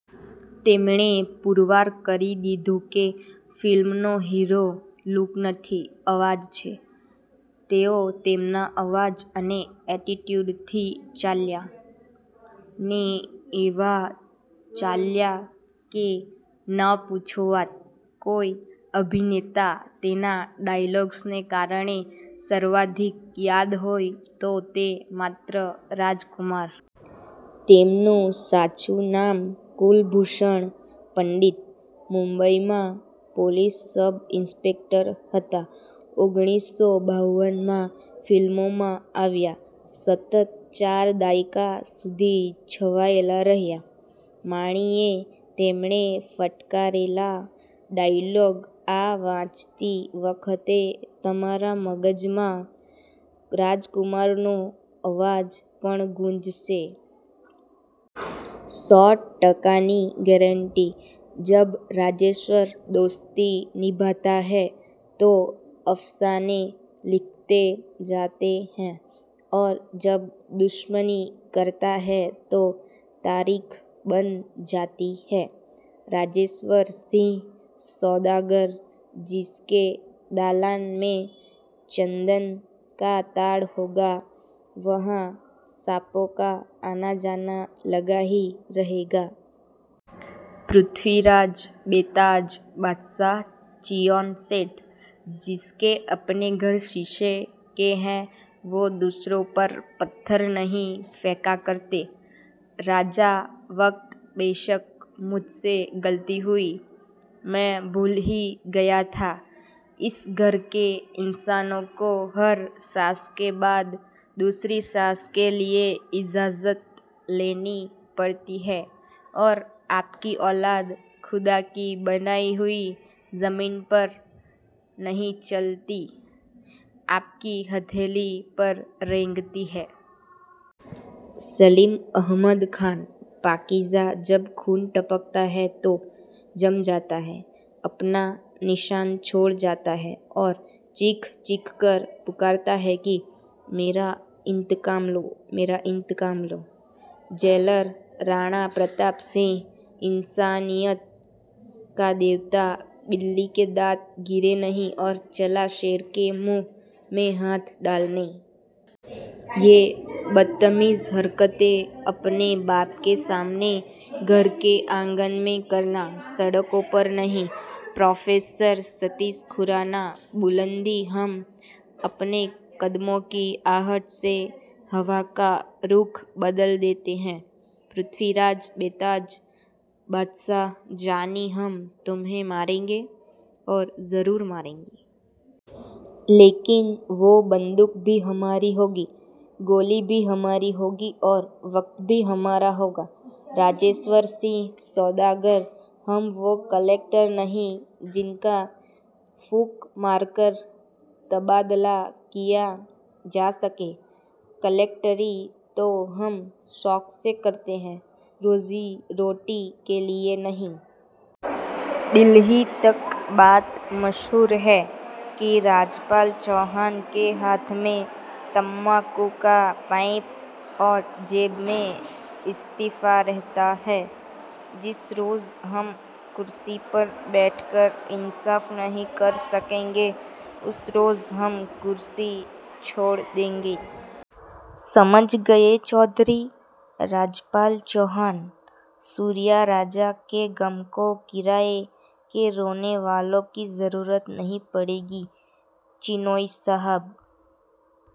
તેમણે પુરવાર કરી દીધું કે ફિલ્મનો હીરો લૂક નથી, અવાજ છે. તેઓ તેમના અવાજ અને એટીટ્યુડથી ચાલ્યા. ને એવા ચાલ્યા કે ન પૂછો વાત. કોઈ અભિનેતા તેના ડાયલોગ્સને કારણે સર્વાધિક યાદ હોય તો તે માત્ર રાજકુમાર. તેમનું સાચું નામ કુલભૂષણ પંડિત. મુંબઈમાં પોલીસ સબ ઇન્સ્પેક્ટર હતા. ઓગણીસો બાવનમાં ફિલ્મોમાં આવ્યા. સતત ચાર દાયકા સુધી છવાયેલા રહ્યા. માણીએ તેમણે ફટકારેલા ડાયોલોગ આ વાંચતી વખતે તમારા મગજમાં રાજકુમારનો અવાજ પણ ગૂંજશે. સો ટકાની ગેરેન્ટી, જબ રાજેશ્વર દોસ્તી નિભાતા હૈ તો અફસાને લિક્ખે જાતે હૈ ઔર જબ દુશ્મની કરતા હૈ તો તારીખ બન જાતી હૈ. રાજેશ્વર સિંહ, સૌદાગર જિસકે દાલાન મેં ચંદન કા તાડ હોગા વહાં તો સાંપો કા આના-જાના લગા હી રહેગા. પૃથ્વીરાજ, બેતાજ બાદશાહ ચિનૉય સેઠ, જિનકે અપને ઘર શીશે કે હોં, વો દૂસરો પર પથ્થર નહીં ફેંકા કરતે. રાજા, વક્ત બેશક મુઝસે ગલતી હુઈ, મેં ભૂલ હી ગયા થા, ઇસ ઘર કે ઇન્સાનો કો હર સાંસ કે બાદ દૂસરી સાંસ કે લિયે ઇજાઝત લેની પડતી હૈ ઔર આપકી ઔલાદ ખુદા કી બનાઈ હુઈ ઝમીન પર નહીં ચલતી, આપકી હથેલી પર રેંગતી હૈ. સલીમ અહમદ ખાન, પાકીઝા જબ ખૂન ટપકતા હૈ તો જમ જાતા હૈ, અપના નિશાન છોડ જાતા હૈ ઔર ચીખ-ચીખકર પુકારતા હૈ કિ મેરા ઇંતકામ લો, મેરા ઇંતકામ લો. જેલર રાણા પ્રતાપ સિંહ, ઇંસાનિયત કા દેવતા બિલ્લી કે દાંત ગિરે નહીં ઔર ચલા શેર કે મુંહ મેં હાથ ડાલને. યે બદ્તમીઝ હરકતેં અપને બાપ કે સામને ઘર કે આંગન મેં કરના, સડકો પર નહીં. પ્રોફેસર સતીશ ખુરાના, બુલંદી હમ અપને કદમો કી આહટ સે હવા કા રુખ બદલ દેતે હૈ. પૃથ્વીરાજ, બેતાજ બાદશાહ જાની હમ તુમ્હે મારેંગે, ઔર ઝરુર મારેંગે. લેકિન વો બંદૂક ભી હમારી હોગી, ગોલી ભી હમારી હોગી ઔર વક્ત ભી હમારા હોગા. રાજેશ્વર સિંહ, સૌદાગર હમ વો કલેક્ટર નહીં જિનકા ફૂંક મારકર તબાદલા કિયા જા સકે. કલેક્ટરી તો હમ શૌક સે કરતે હૈ, રોઝી-રોટી કે લિયે નહીં. દિલ્હી તક બાત મશહૂર હૈ કિ રાજપાલ ચૌહાન કે હાથ મેં તંબાકૂ કા પાઇપ ઔર જેબ મેં ઇસ્તીફા રહતા હૈ. જિસ રોઝ હમ કુર્સી પર બૈઠ કર ઇન્સાફ નહીં કર સકેંગે ઉસ રોઝ હમ કુર્સી છોડ દેંગે. સમજ ગયે ચૌધરી! રાજપાલ ચૌહાન, સૂર્યા રાજા કે ગમ કો કિરાએ કે રોને વાલો કી ઝરુરત નહીં પડેગી ચિનૉઇ સાહબ.